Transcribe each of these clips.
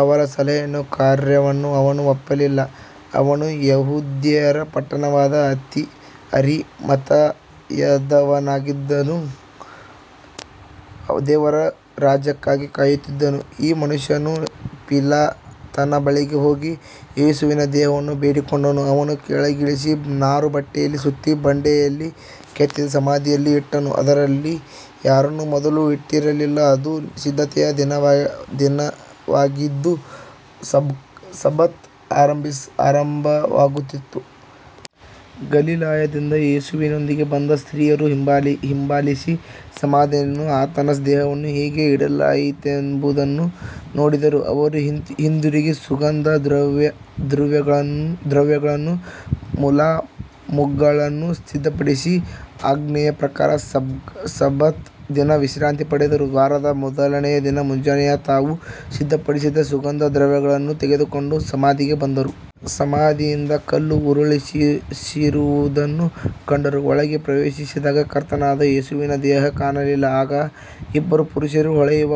ಅವರ ಸಲಹೆಯನ್ನೂ ಕಾರ್ಯವನ್ನೂ ಅವನು ಒಪ್ಪಲಿಲ್ಲ. ಅವನು ಯಹೂದ್ಯರ ಪಟ್ಟಣವಾದ ಅರಿಮಥಾಯದವನಾಗಿದ್ದು, ದೇವರ ರಾಜ್ಯಕ್ಕಾಗಿ ಕಾಯುತ್ತಿದ್ದನು. ಈ ಮನುಷ್ಯನು ಪಿಲಾತನ ಬಳಿಗೆ ಹೋಗಿ ಯೇಸುವಿನ ದೇಹವನ್ನು ಬೇಡಿಕೊಂಡನು. ಅದನ್ನು ಕೆಳಗಿಳಿಸಿ ನಾರುಬಟ್ಟೆಯಲ್ಲಿ ಸುತ್ತಿ, ಬಂಡೆಯಲ್ಲಿ ಕೆತ್ತಿದ ಸಮಾಧಿಯಲ್ಲಿ ಇಟ್ಟನು. ಅದರಲ್ಲಿ ಯಾರನ್ನೂ ಮೊದಲು ಇಟ್ಟಿರಲಿಲ್ಲ. ಅದು ಸಿದ್ಧತೆಯ ದಿನವಾಗಿದ್ದು ಸಬ್ಬತ್ ಆರಂಭವಾಗುತ್ತಿತ್ತು. ಗಲಿಲಾಯದಿಂದ ಯೇಸುವಿನೊಂದಿಗೆ ಬಂದ ಸ್ತ್ರೀಯರು ಹಿಂಬಾಲಿಸಿ, ಸಮಾಧಿಯನ್ನೂ ಆತನ ದೇಹವನ್ನು ಹೇಗೆ ಇಡಲಾಗಿತ್ತೆಂಬುದನ್ನೂ ನೋಡಿದರು. ಅವರು ಹಿಂದಿರುಗಿ ಸುಗಂಧ ದ್ರವ್ಯಗಳನ್ನೂ ಮುಲಾಮುಗಳನ್ನೂ ಸಿದ್ಧಪಡಿಸಿ, ಆಜ್ಞೆಯ ಪ್ರಕಾರ ಸಬ್ಬತ್ ದಿನ ವಿಶ್ರಾಂತಿ ಪಡೆದರು. ವಾರದ ಮೊದಲನೆಯ ದಿನ ಮುಂಜಾನೆ, ತಾವು ಸಿದ್ಧಪಡಿಸಿದ ಸುಗಂಧ ದ್ರವ್ಯಗಳನ್ನು ತೆಗೆದುಕೊಂಡು ಸಮಾಧಿಗೆ ಬಂದರು. ಸಮಾಧಿಯಿಂದ ಕಲ್ಲು ಉರುಳಿಸಿರುವುದನ್ನು ಕಂಡರು. ಒಳಗೆ ಪ್ರವೇಶಿಸಿದಾಗ ಕರ್ತನಾದ ಯೇಸುವಿನ ದೇಹ ಕಾಣಲಿಲ್ಲ. ಆಗ ಇಬ್ಬರು ಪುರುಷರು ಹೊಳೆಯುವ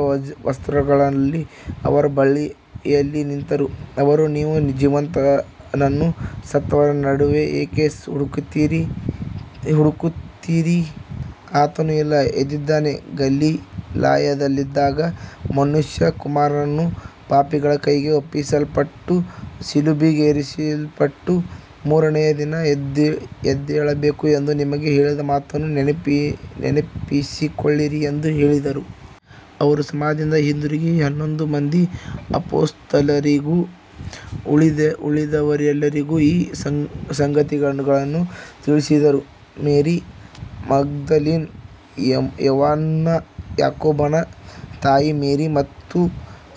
ವಸ್ತ್ರಗಳಲ್ಲಿ ಅವರ ಬಳಿಯಲ್ಲಿ ನಿಂತರು. ಅವರು, ನೀವು ಜೀವಂತನನ್ನು ಸತ್ತವರ ನಡುವೆ ಏಕೆ ಹುಡುಕುತ್ತೀರಿ. ಆತನು ಇಲ್ಲ, ಎದ್ದಿದ್ದಾನೆ. ಗಲಿಲಾಯದಲ್ಲಿದ್ದಾಗ ಮನುಷ್ಯಕುಮಾರನು ಪಾಪಿಗಳ ಕೈಗೆ ಒಪ್ಪಿಸಲ್ಪಟ್ಟು ಶಿಲುಬೆಗೇರಿಸಲ್ಪಟ್ಟು ಮೂರನೆಯ ದಿನ ಎದ್ದೇಳಬೇಕು ಎಂದು ನಿಮಗೆ ಹೇಳಿದ ಮಾತನ್ನು ನೆನಪಿಸಿಕೊಳ್ಳಿರಿ ಎಂದು ಹೇಳಿದರು. ಅವರು ಸಮಾಧಿಯಿಂದ ಹಿಂದಿರುಗಿ ಹನ್ನೊಂದು ಮಂದಿ ಅಪೊಸ್ತಲರಿಗೂ ಉಳಿದವರೆಲ್ಲರಿಗೂ ಈ ಸಂಗತಿಗಳನ್ನು ತಿಳಿಸಿದರು. ಮೇರಿ ಮಗ್ದಲಿನಿ, ಯೋವಾನ್ನಾ, ಯಾಕೋಬನ ತಾಯಿ ಮೇರಿ ಮತ್ತು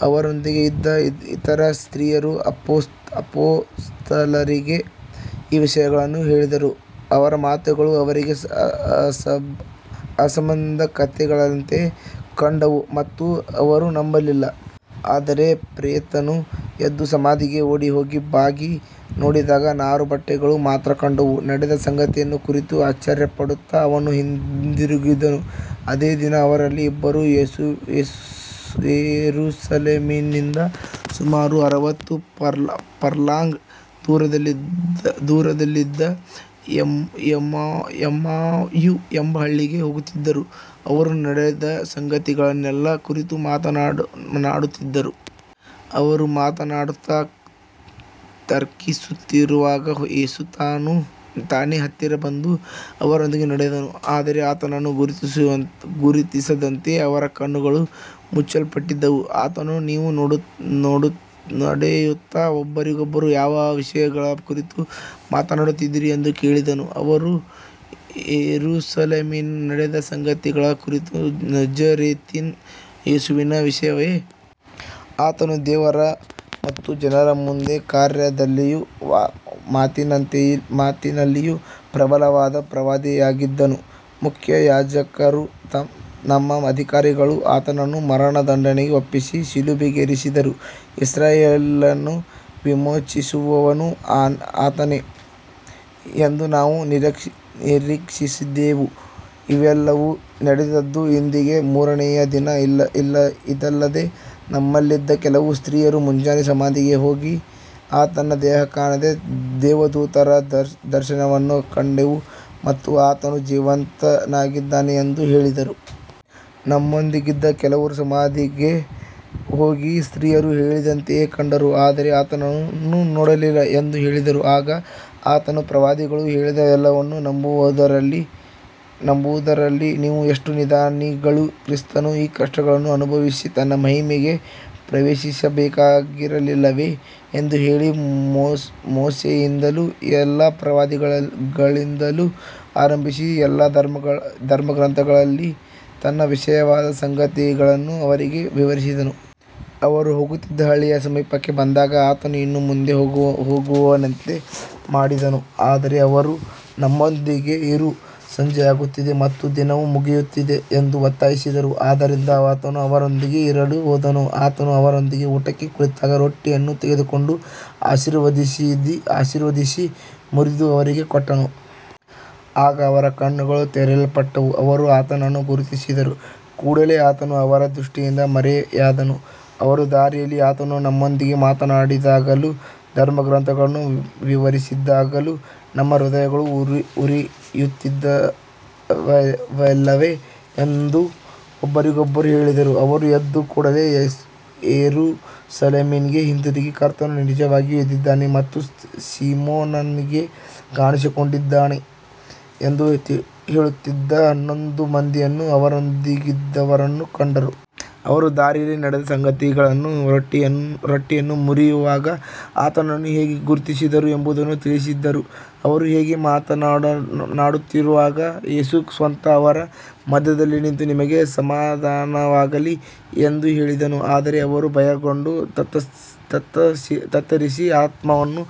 ಅವರೊಂದಿಗೆ ಇದ್ದ ಇತರ ಸ್ತ್ರೀಯರು ಅಪೊಸ್ತಲರಿಗೆ ಈ ವಿಷಯಗಳನ್ನು ಹೇಳಿದರು. ಅವರ ಮಾತುಗಳು ಅವರಿಗೆ ಅಸಂಬದ್ಧ ಕಥೆಗಳಂತೆ ಕಂಡವು ಮತ್ತು ಅವರು ನಂಬಲಿಲ್ಲ. ಆದರೆ ಪೇತ್ರನು ಎದ್ದು ಸಮಾಧಿಗೆ ಓಡಿಹೋಗಿ ಬಾಗಿ ನೋಡಿದಾಗ ನಾರುಬಟ್ಟೆಗಳು ಮಾತ್ರ ಕಂಡವು. ನಡೆದ ಸಂಗತಿಯನ್ನು ಕುರಿತು ಆಶ್ಚರ್ಯಪಡುತ್ತಾ ಅವನು ಹಿಂದಿರುಗಿದನು. ಅದೇ ದಿನ ಅವರಲ್ಲಿ ಇಬ್ಬರು ಯೆರೂಸಲೇಮಿನಿಂದ ಸುಮಾರು ಅರವತ್ತು ಫರ್ಲಾಂಗ್ ದೂರದಲ್ಲಿದ್ದ ಎಮ್ಮಾಯು ಎಂಬ ಹಳ್ಳಿಗೆ ಹೋಗುತ್ತಿದ್ದರು. ಅವರು ನಡೆದ ಸಂಗತಿಗಳನ್ನೆಲ್ಲ ಕುರಿತು ಮಾತನಾಡುತ್ತಿದ್ದರು. ಅವರು ಮಾತನಾಡುತ್ತಾ ತರ್ಕಿಸುತ್ತಿರುವಾಗ ಯೇಸು ತಾನೇ ಹತ್ತಿರ ಬಂದು ಅವರೊಂದಿಗೆ ನಡೆದನು. ಆದರೆ ಆತನನ್ನು ಗುರುತಿಸದಂತೆ ಅವರ ಕಣ್ಣುಗಳು ಮುಚ್ಚಲ್ಪಟ್ಟಿದ್ದವು. ಆತನು, ನೀವು ನಡೆಯುತ್ತಾ ಒಬ್ಬರಿಗೊಬ್ಬರು ಯಾವ ವಿಷಯಗಳ ಕುರಿತು ಮಾತನಾಡುತ್ತಿದ್ದೀರಿ ಎಂದು ಕೇಳಿದನು. ಅವರು, ಯೆರೂಸಲೇಮಿನಲ್ಲಿ ನಡೆದ ಸಂಗತಿಗಳ ಕುರಿತು. ನಜರೇತಿನ ಯೇಸುವಿನ ವಿಷಯವೇ. ಆತನು ದೇವರ ಮತ್ತು ಜನರ ಮುಂದೆ ಕಾರ್ಯದಲ್ಲಿಯೂ ಮಾತಿನಲ್ಲಿಯೂ ಪ್ರಬಲವಾದ ಪ್ರವಾದಿಯಾಗಿದ್ದನು. ಮುಖ್ಯಯಾಜಕರೂ ನಮ್ಮ ಅಧಿಕಾರಿಗಳೂ ಆತನನ್ನು ಮರಣದಂಡನೆಗೆ ಒಪ್ಪಿಸಿ ಶಿಲುಬೆಗೇರಿಸಿದರು. ಇಸ್ರಾಯೇಲನ್ನು ವಿಮೋಚಿಸುವವನು ಆತನೇ ಎಂದು ನಾವು ನಿರೀಕ್ಷಿಸಿದ್ದೆವು. ಇವೆಲ್ಲವೂ ನಡೆದದ್ದು ಇಂದಿಗೆ ಮೂರನೆಯ ದಿನ. ಇದಲ್ಲದೆ ನಮ್ಮಲ್ಲಿದ್ದ ಕೆಲವು ಸ್ತ್ರೀಯರು ಮುಂಜಾನೆ ಸಮಾಧಿಗೆ ಹೋಗಿ, ಆತನ ದೇಹ ಕಾಣದೆ, ದೇವದೂತರ ದರ್ಶನವನ್ನು ಕಂಡೆವು ಮತ್ತು ಆತನು ಜೀವಂತನಾಗಿದ್ದಾನೆ ಎಂದು ಹೇಳಿದರು. ನಮ್ಮೊಂದಿಗಿದ್ದ ಕೆಲವರು ಸಮಾಧಿಗೆ ಹೋಗಿ ಸ್ತ್ರೀಯರು ಹೇಳಿದಂತೆಯೇ ಕಂಡರು, ಆದರೆ ಆತನನ್ನು ನೋಡಲಿಲ್ಲ ಎಂದು ಹೇಳಿದರು. ಆಗ ಆತನು, ಪ್ರವಾದಿಗಳು ಹೇಳಿದ ಎಲ್ಲವನ್ನೂ ನಂಬುವುದರಲ್ಲಿ ನೀವು ಎಷ್ಟು ನಿಧಾನಿಗಳು. ಕ್ರಿಸ್ತನು ಈ ಕಷ್ಟಗಳನ್ನು ಅನುಭವಿಸಿ ತನ್ನ ಮಹಿಮೆಗೆ ಪ್ರವೇಶಿಸಬೇಕಾಗಿರಲಿಲ್ಲವೇ ಎಂದು ಹೇಳಿ, ಮೋಶೆಯಿಂದಲೂ ಎಲ್ಲಾ ಪ್ರವಾದಿಗಳಿಂದಲೂ ಆರಂಭಿಸಿ ಎಲ್ಲಾ ಧರ್ಮಗ್ರಂಥಗಳಲ್ಲಿ ತನ್ನ ವಿಷಯವಾದ ಸಂಗತಿಗಳನ್ನು ಅವರಿಗೆ ವಿವರಿಸಿದನು. ಅವರು ಹೋಗುತ್ತಿದ್ದ ಹಳ್ಳಿಯ ಸಮೀಪಕ್ಕೆ ಬಂದಾಗ ಆತನು ಇನ್ನೂ ಮುಂದೆ ಹೋಗುವವನಂತೆ ಮಾಡಿದನು. ಆದರೆ ಅವರು, ನಮ್ಮೊಂದಿಗೆ ಇರು, ಸಂಜೆಯಾಗುತ್ತಿದೆ ಮತ್ತು ದಿನವು ಮುಗಿಯುತ್ತಿದೆ ಎಂದು ಒತ್ತಾಯಿಸಿದರು. ಆದ್ದರಿಂದ ಆತನು ಅವರೊಂದಿಗೆ ಇರಲು ಹೋದನು. ಆತನು ಅವರೊಂದಿಗೆ ಊಟಕ್ಕೆ ಕುಳಿತಾಗ ರೊಟ್ಟಿಯನ್ನು ತೆಗೆದುಕೊಂಡು ಆಶೀರ್ವದಿಸಿ ಮುರಿದು ಅವರಿಗೆ ಕೊಟ್ಟನು. ಆಗ ಅವರ ಕಣ್ಣುಗಳು ತೆರೆಯಲ್ಪಟ್ಟು ಅವರು ಆತನನ್ನು ಗುರುತಿಸಿದರು. ಕೂಡಲೇ ಆತನು ಅವರ ದೃಷ್ಟಿಯಿಂದ ಮರೆಯಾದನು. ಅವರು, ದಾರಿಯಲ್ಲಿ ಆತನು ನಮ್ಮೊಂದಿಗೆ ಮಾತನಾಡಿದಾಗಲೂ ಧರ್ಮಗ್ರಂಥಗಳನ್ನು ವಿವರಿಸಿದಾಗಲೂ ನಮ್ಮ ಹೃದಯಗಳು ಉರಿಯುತ್ತಿದ್ದವಲ್ಲವೇ ಎಂದು ಒಬ್ಬರಿಗೊಬ್ಬರು ಹೇಳಿದರು. ಅವರು ಎದ್ದು ಕೂಡಲೇ ಯೆರೂಸಲೇಮಿಗೆ ಹಿಂದಿರುಗಿ, ಕರ್ತನು ನಿಜವಾಗಿಯೂ ಎದ್ದಿದ್ದಾನೆ ಮತ್ತು ಸೀಮೋನನಿಗೆ ಕಾಣಿಸಿಕೊಂಡಿದ್ದಾನೆ ಎಂದು ಹೇಳುತ್ತಿದ್ದ ಹನ್ನೊಂದು ಮಂದಿಯನ್ನೂ ಅವರೊಂದಿಗಿದ್ದವರನ್ನೂ ಕಂಡರು. ಅವರೂ ದಾರಿಯಲ್ಲಿ ನಡೆದ ಸಂಗತಿಗಳನ್ನೂ ರೊಟ್ಟಿಯನ್ನು ಮುರಿಯುವಾಗ ಆತನನ್ನು ಹೇಗೆ ಗುರುತಿಸಿದರು ಎಂಬುದನ್ನೂ ತಿಳಿಸಿದರು. ಅವರು ಹೀಗೆ ಮಾತನಾಡುತ್ತಿರುವಾಗ ಯೇಸು ಸ್ವತಃ ಅವರ ಮಧ್ಯದಲ್ಲಿ ನಿಂತು, ನಿಮಗೆ ಸಮಾಧಾನವಾಗಲಿ ಎಂದು ಹೇಳಿದನು. ಆದರೆ ಅವರು ಭಯಗೊಂಡು ತತ್ತರಿಸಿ, ಆತ್ಮವನ್ನು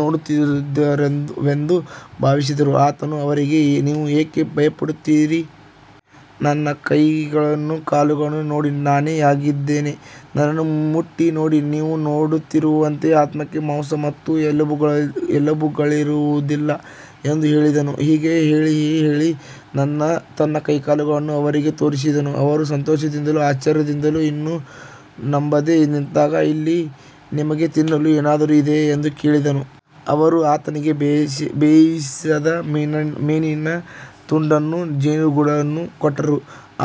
ನೋಡುತ್ತಿದ್ದೇವೆಂದು ಭಾವಿಸಿದರು. ಆತನು ಅವರಿಗೆ, ನೀವು ಏಕೆ ಭಯಪಡುತ್ತೀರಿ. ನನ್ನ ಕೈಗಳನ್ನೂ ಕಾಲುಗಳನ್ನೂ ನೋಡಿ, ನಾನೇ ಆಗಿದ್ದೇನೆ. ನನ್ನನ್ನು ಮುಟ್ಟಿ ನೋಡಿ. ನೀವು ನೋಡುತ್ತಿರುವಂತೆ ಆತ್ಮಕ್ಕೆ ಮಾಂಸ ಮತ್ತು ಎಲುಬುಗಳಿರುವುದಿಲ್ಲ ಎಂದು ಹೇಳಿದನು. ಹೀಗೆ ಹೇಳಿ ತನ್ನ ಕೈಕಾಲುಗಳನ್ನು ಅವರಿಗೆ ತೋರಿಸಿದನು. ಅವರು ಸಂತೋಷದಿಂದಲೂ ಆಶ್ಚರ್ಯದಿಂದಲೂ ಇನ್ನೂ ನಂಬದೆ ನಿಂತಾಗ, ಇಲ್ಲಿ ನಿಮಗೆ ತಿನ್ನಲು ಏನಾದರೂ ಇದೆಯೇ ಎಂದು ಕೇಳಿದನು. ಅವರು ಆತನಿಗೆ ಬೇಯಿಸಿದ ಮೀನಿನ ತುಂಡನ್ನೂ ಜೇನುಗೂಡನ್ನೂ ಕೊಟ್ಟರು.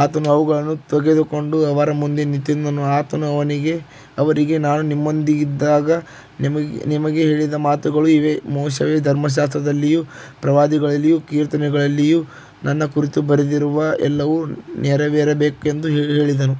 ಆತನು ಅವುಗಳನ್ನು ತೆಗೆದುಕೊಂಡು ಅವರ ಮುಂದೆ ತಿಂದನು. ಆತನು ಅವರಿಗೆ, ನಾನು ನಿಮ್ಮೊಂದಿಗಿದ್ದಾಗ ನಿಮಗೆ ಹೇಳಿದ ಮಾತುಗಳು ಇವೇ. ಮೋಶೆಯ ಧರ್ಮಶಾಸ್ತ್ರದಲ್ಲಿಯೂ ಪ್ರವಾದಿಗಳಲ್ಲಿಯೂ ಕೀರ್ತನೆಗಳಲ್ಲಿಯೂ ನನ್ನ ಕುರಿತು ಬರೆದಿರುವ ಎಲ್ಲವೂ ನೆರವೇರಬೇಕು ಎಂದು ಹೇಳಿದನು.